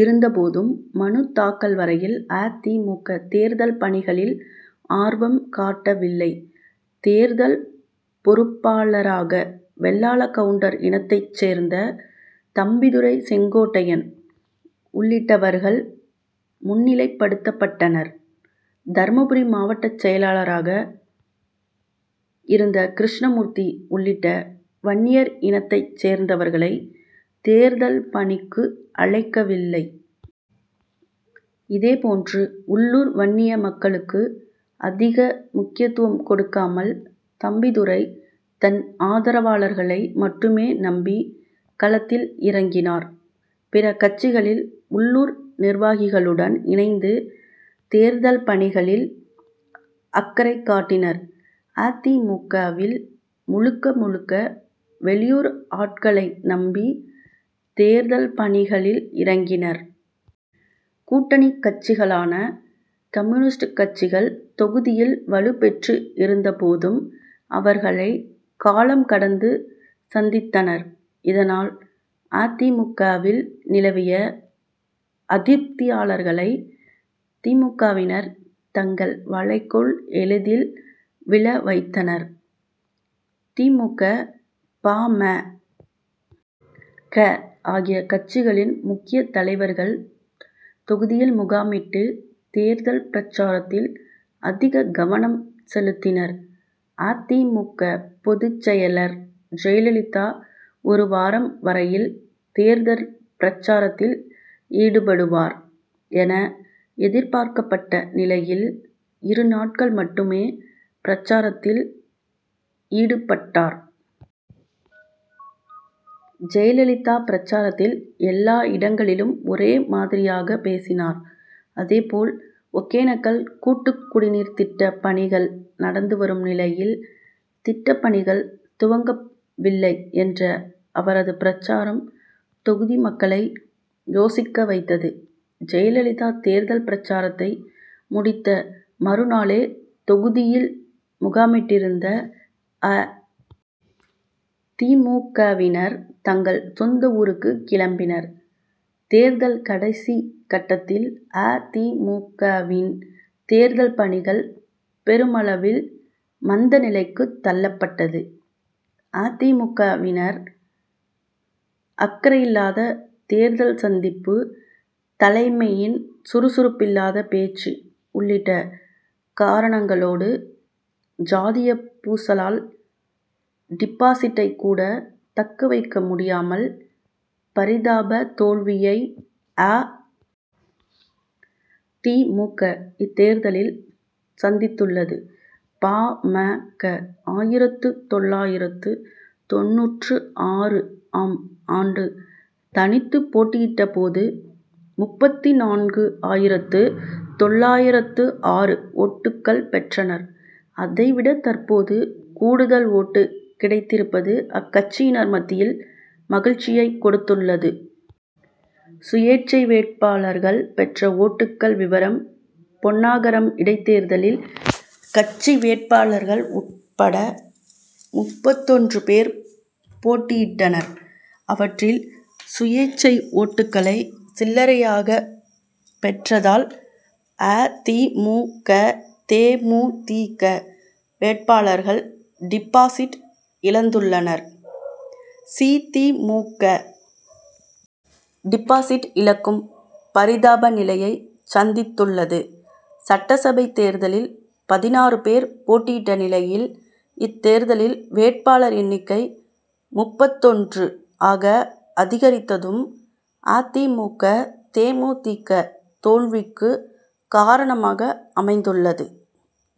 இருந்த போதும் மனு தாக்கல் வரையில் அ. தி. மு. க. தேர்தல் பணிகளில் ஆர்வம் காட்டவில்லை. தேர்தல் பொறுப்பாளராக வெள்ளாள கவுண்டர் இனத்தைச் சேர்ந்த தம்பிதுரை செங்கோட்டையன் உள்ளிட்டவர்கள் முன்னிலைப்படுத்தப்பட்டனர். தர்மபுரி மாவட்ட செயலராக இருந்த கிருஷ்ணமூர்த்தி உள்ளிட்ட வன்னியர் இனத்தைச் சேர்ந்தவர்களை தேர்தல் பணிக்கு அழைக்கவில்லை. இதே போன்று உள்ளூர் வன்னிய மக்களுக்கு அதிக முக்கியத்துவம் கொடுக்காமல் தம்பிதுரை தன் ஆதரவாளர்களை மட்டுமே நம்பி களத்தில் இறங்கினார். பிற கட்சிகளில் உள்ளூர் நிர்வாகிகளுடன் இணைந்து தேர்தல் பணிகளில் அக்கறை காட்டினர். அ. தி. மு. க.வில் முழுக்க முழுக்க வெளியூர் ஆட்களை நம்பி தேர்தல் பணிகளில் இறங்கினர். கூட்டணி கட்சிகளான கம்யூனிஸ்ட் கட்சிகள் தொகுதியில் வலு பெற்று இருந்த போதும் அவர்களை காலம் கடந்து சந்தித்தனர். இதனால் அ. தி. மு. க.வில் நிலவிய அதிருப்தியாளர்களை தி. மு. க.வினர் தங்கள் வலைக்குள் எளிதில் விழ வைத்தனர். தி. மு. க. பா. ம. க. ஆகிய கட்சிகளின் முக்கிய தலைவர்கள் தொகுதியில் முகாமிட்டு தேர்தல் பிரசாரத்தில் அதிக கவனம் செலுத்தினர். அ. தி. மு. க. பொதுச் செயலர் ஜெயலலிதா ஒரு வாரம் வரையில் தேர்தல் பிரசாரத்தில் ஈடுபடுவார் என எதிர்பார்க்கப்பட்ட நிலையில் இரு நாட்கள் மட்டுமே பிரசாரத்தில் ஈடுபட்டார். ஜெயலலிதா பிரசாரத்தில் எல்லா இடங்களிலும் ஒரே மாதிரியாக பேசினார். அதே போல் ஒகேனக்கல் கூட்டுக் குடிநீர் திட்ட பணிகள் நடந்து வரும் நிலையில் திட்டப்பணிகள் துவங்கவில்லை என்ற அவரது பிரசாரம் தொகுதி மக்களை யோசிக்க வைத்தது. ஜெயலலிதா தேர்தல் பிரசாரத்தை முடித்த மறு நாளே தொகுதியில் முகாமிட்டிருந்த அ. தி. மு. க.,வினர் தங்கள் சொந்த ஊருக்கு கிளம்பினர். தேர்தல் கடைசி கட்டத்தில் அ. தி. மு. க.வின் தேர்தல் பணிகள் பெருமளவில் மந்த நிலைக்கு தள்ளப்பட்டது. அ. தி. மு. க.வினரின் அக்கறையில்லாத தேர்தல் சந்திப்பு தலைமையின் சுறுசுறுப்பில்லாத பேச்சு உள்ளிட்ட காரணங்களோடு ஜாதிய பூசலால் டிபாசிட்டை கூட தக்கவைக்க முடியாமல் பரிதாப தோல்வியை அ. தி. மு. க. இத்தேர்தலில் சந்தித்துள்ளது. பா. ம. க. ஆயிரத்து தொள்ளாயிரத்து தொண்ணூற்று ஆறு ஆம் ஆண்டு தனித்து போட்டியிட்ட போது முப்பத்திநான்கு ஆயிரத்து தொள்ளாயிரத்து ஆறு ஓட்டுக்கள் பெற்றனர். அதை விட தற்போது கூடுதல் ஓட்டு கிடைத்திருப்பது அக்கட்சியினர் மத்தியில் மகிழ்ச்சியை கொடுத்துள்ளது. சுயேச்சை வேட்பாளர்கள் பெற்ற ஓட்டுக்கள் விவரம் பென்னாகரம் இடைத்தேர்தலில் கட்சி வேட்பாளர்கள் உட்பட முப்பத்தொன்று பேர் போட்டியிட்டனர். அவற்றில் சுயேச்சைகள் ஓட்டுக்களை சில்லரையாக பெற்றதால் அ. தி. மு. க. தே. மு. தி. க. வேட்பாளர்கள் டிபாசிட் இழந்துள்ளனர். சி. தி. மு. க. டிபாசிட் இழக்கும் பரிதாப நிலையை சந்தித்துள்ளது. சட்டசபை தேர்தலில் பதினாறு பேர் போட்டியிட்ட நிலையில் இத்தேர்தலில் வேட்பாளர் எண்ணிக்கை முப்பத்தொன்று ஆக அதிகரித்ததும் அ. தி. மு. க. தே. மு. தி. க. தோல்விக்கு காரணமாக அமைந்துள்ளது.